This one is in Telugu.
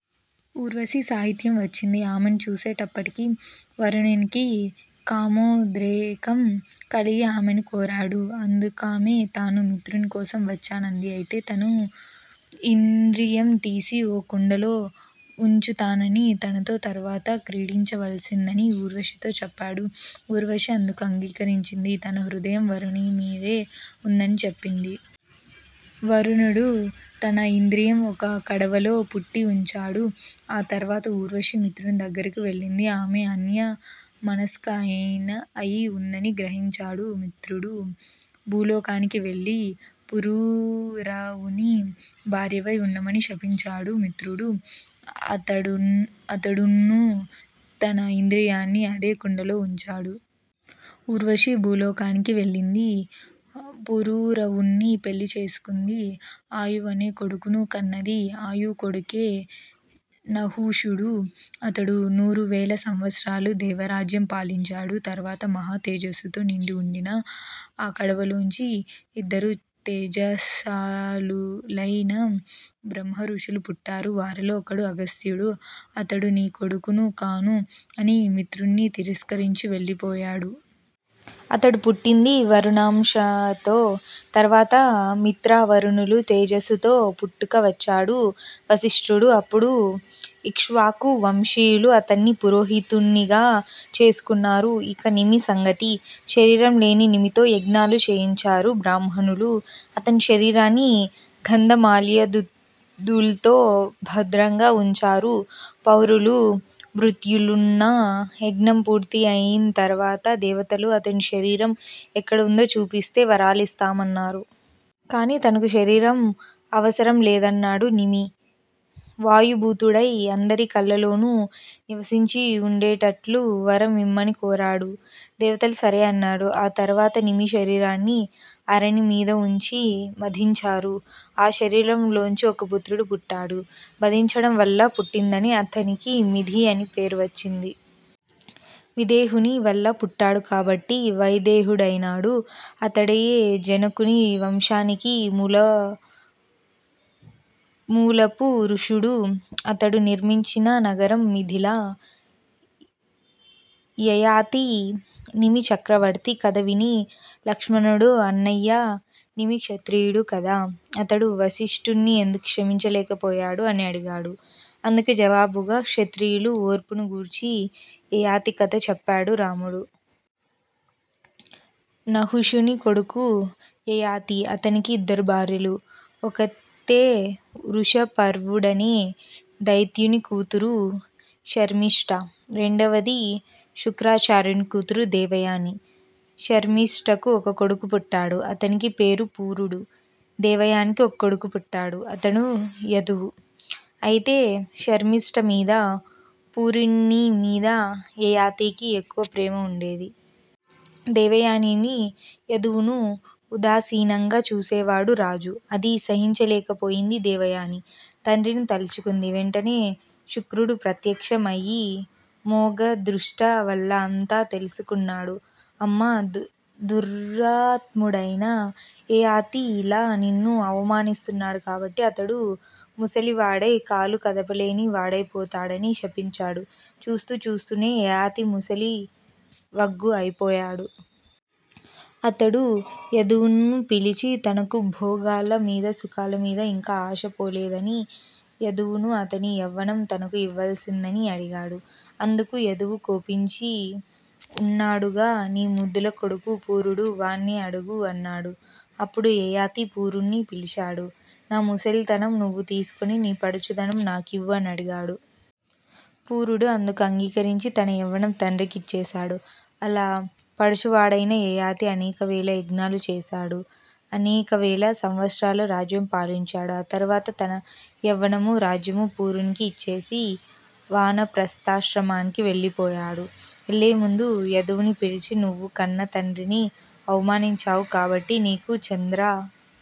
ఊర్వశి సహిత్యా వచ్చింది. ఆమెను చూసేటప్పటికి వరుణినికి కామోద్రేకం కలిగి ఆమెను కోరాడు. అందుకామె తాను మిత్రుని కోసం వచ్చానంది. అయితే తన ఇంద్రియం తీసి ఒక కుండలో వుంచుతాననీ తనతో తరువాత క్రీడించవలసిందనీ ఊర్వశితో చెప్పాడు. ఊర్వశి అందుకు అంగీకరించింది. తన హృదయం వరుణుని మీదే వుందని చెప్పింది. వరుణుడు తన ఇంద్రియం ఒక కడవలో పూట్టి వుంచాడు. ఆ తర్వాత ఊర్వశి మిత్రుని దగ్గరికి వెళ్ళింది. ఆమె అన్య మనస్క అయి వుందని గ్రహించాడు మిత్రుడు. భూలోకానికి వెళ్లి పురూరవుని భార్యవై వుండమని శపించాడు మిత్రుడు. అతడున్నూ తన ఇంద్రియాన్ని అదే కుండలో వుంచాడు. ఊర్వశి భూలోకానికి వెళ్లింది. పురూరవుణ్ణి పెళ్లి చేసుకుంది. 'ఆయువు' అనే కొడుకును కన్నది. ఆయువు కొడుకే నహూషుడు. అతడు నూరువేల సంవత్సరాలు దేవ రాజ్యం పాలించాడు. తరువాత మహా తేజస్సుతో నిండి వుండిన ఆ కడవలోంచి ఇద్దరు తేజశ్శాలులైన బ్రహ్మర్షులు పుట్టారు. వారిలో ఒకడు అగస్త్యుడు అతడు నీ కొడుకును కాను అని మిత్రుణ్ని తిరస్కరించి వెళ్ళిపోయాడు. అతడు పుట్టింది వరుణాంశతో. తరువాత మిత్రావరుణుల తేజస్సుతో పుట్టుక వచ్చాడు వశిష్ఠుడు. అప్పుడు ఇక్ష్వాకు వంశీయులు అతణ్ని పురోహితుణ్నిగా చేసుకున్నారు. ఇక నిమి సంగతి. శరీరం లేని నిమితో యజ్ఞాలు చేయించారు బ్రాహ్మలు. అతని శరీరాన్ని గంధమాల్యాదుల్తో భద్రంగా వుంచారు పౌరులూ, భృత్యులున్నూ, యజ్ఞం పూర్తి అయిం తర్వాత దేవతలు అతని శరీరం ఎక్కడవుందో చూపిస్తే వరాలిస్తామన్నారు. కాని తనకు శరీరం అవసరం లేదన్నాడు నిమి. వాయుబూతుడై అందరి కళ్ళల్లోనూ నివసించి వుండేట్లు వరం ఇమ్మని కోరాడు. దేవతలు 'సరే' అన్నారు. ఆ తర్వాత నిమి శరీరాన్ని అరణి మీద వుంచి మధించారు. ఆ శరీరంలోంచి ఒక పుత్రుడు పుట్టాడు. మధించడం వల్ల పుట్టిందని అతనికి 'మిధి' అని పేరు వచ్చింది. విదేహుని వల్ల పుట్టాడు కాబట్టి వైదేహుడైనాడు. అతడే జనకుని వంశానికి మూలపుఋషుడు. అతడు నిర్మించిన నగరం మిథిల. యయాతి నిమి చక్రవర్తి కథ విని లక్ష్మణుడు అన్నయ్యా! నిమి క్షత్రియుడు కదా! అతడు వశిష్టుణ్నిఎందుకు క్షమించలేకపోయాడు? ' అని అడిగాడు. అందుకు జవాబుగా క్షత్రియులు ఓర్పును గూర్చి యయాతి కథ చెప్పాడు రాముడు. నహుషుని కొడుకు యయాతి. అతనికి ఇద్దరు భార్యలు. ఒకతే వృషపర్వుడనే దైత్యుని కూతురు శర్మిష్ఠ. రెండవది శుక్రాచార్యుని కూతురు దేవయాని. శర్మిష్ఠకు ఒక కొడుకు పుట్టాడు. అతని పేరు పూరుడు. దేవయానికీ ఒక కొడుకు పుట్టాడు. అతడు యదువు. అయితే శర్మిష్ఠమీదా, పూరునిమీదా యయాతికి ఎక్కువ ప్రేమ వుండేది. దేవయానినీ, యదువునూ ఉదాసీనంగా చూసేవాడు రాజు. అది సహించలేకపోయింది దేవయాని. తండ్రిని తల్చుకుంది. వెంటనే శుక్రుడు ప్రత్యక్షం అయి మోగదృష్టి వల్ల అంతా తెలుసుకున్నాడు. అమ్మా! దురాత్ముడైన యయాతి యిలా నిన్ను అవమానిస్తున్నాడు కాబట్టి అతడు ముసలివాడై కాలు కదపలేని వాడైపోతాడని శపించాడు. చూస్తూ, చూస్తూనే యయాతి ముసలి వగ్గు అయిపోయాడు. అతడు యదువును పిలిచి తనకు భోగాల మీద సుఖాలమీదా ఇంకా ఆశపోలేదనీ యదువును అతని యవ్వనం తనకు ఇవ్వవలసిందనీ అడిగాడు. అందుకు యదువు కోపించి ఉన్నాడుగా నీ ముద్దుల కొడుకు పూరుడు. వాణ్ణే అడుగు అన్నాడు. అప్పుడు యయాతి పూరుణ్ణి పిలిచాడు. నా ముసలితనం నువ్వు తీసుకొని నీ పడుచుదనం నాకివ్వు అని అడిగాడు. పూరుడు అందుకు అంగీకరించి తన యవ్వనం తండ్రికి యిచ్చేశాడు. అలా పడుచువాడైన యయాతి అనేక వేల యజ్ఞాలు చేశాడు. అనేకవేల సంవత్సరాల రాజ్యం పాలించాడు. ఆ తరువాత తన యవ్వనమూ, రాజ్యమూ పూరునికి ఇచ్చేసి వానప్రస్థాశ్రమానికి వెళ్ళిపోయాడు. వెళ్లేముందు యదువును పిలిచి నువ్వు కన్న తండ్రిని అవమానించావు. కాబట్టి నీకు చంద్ర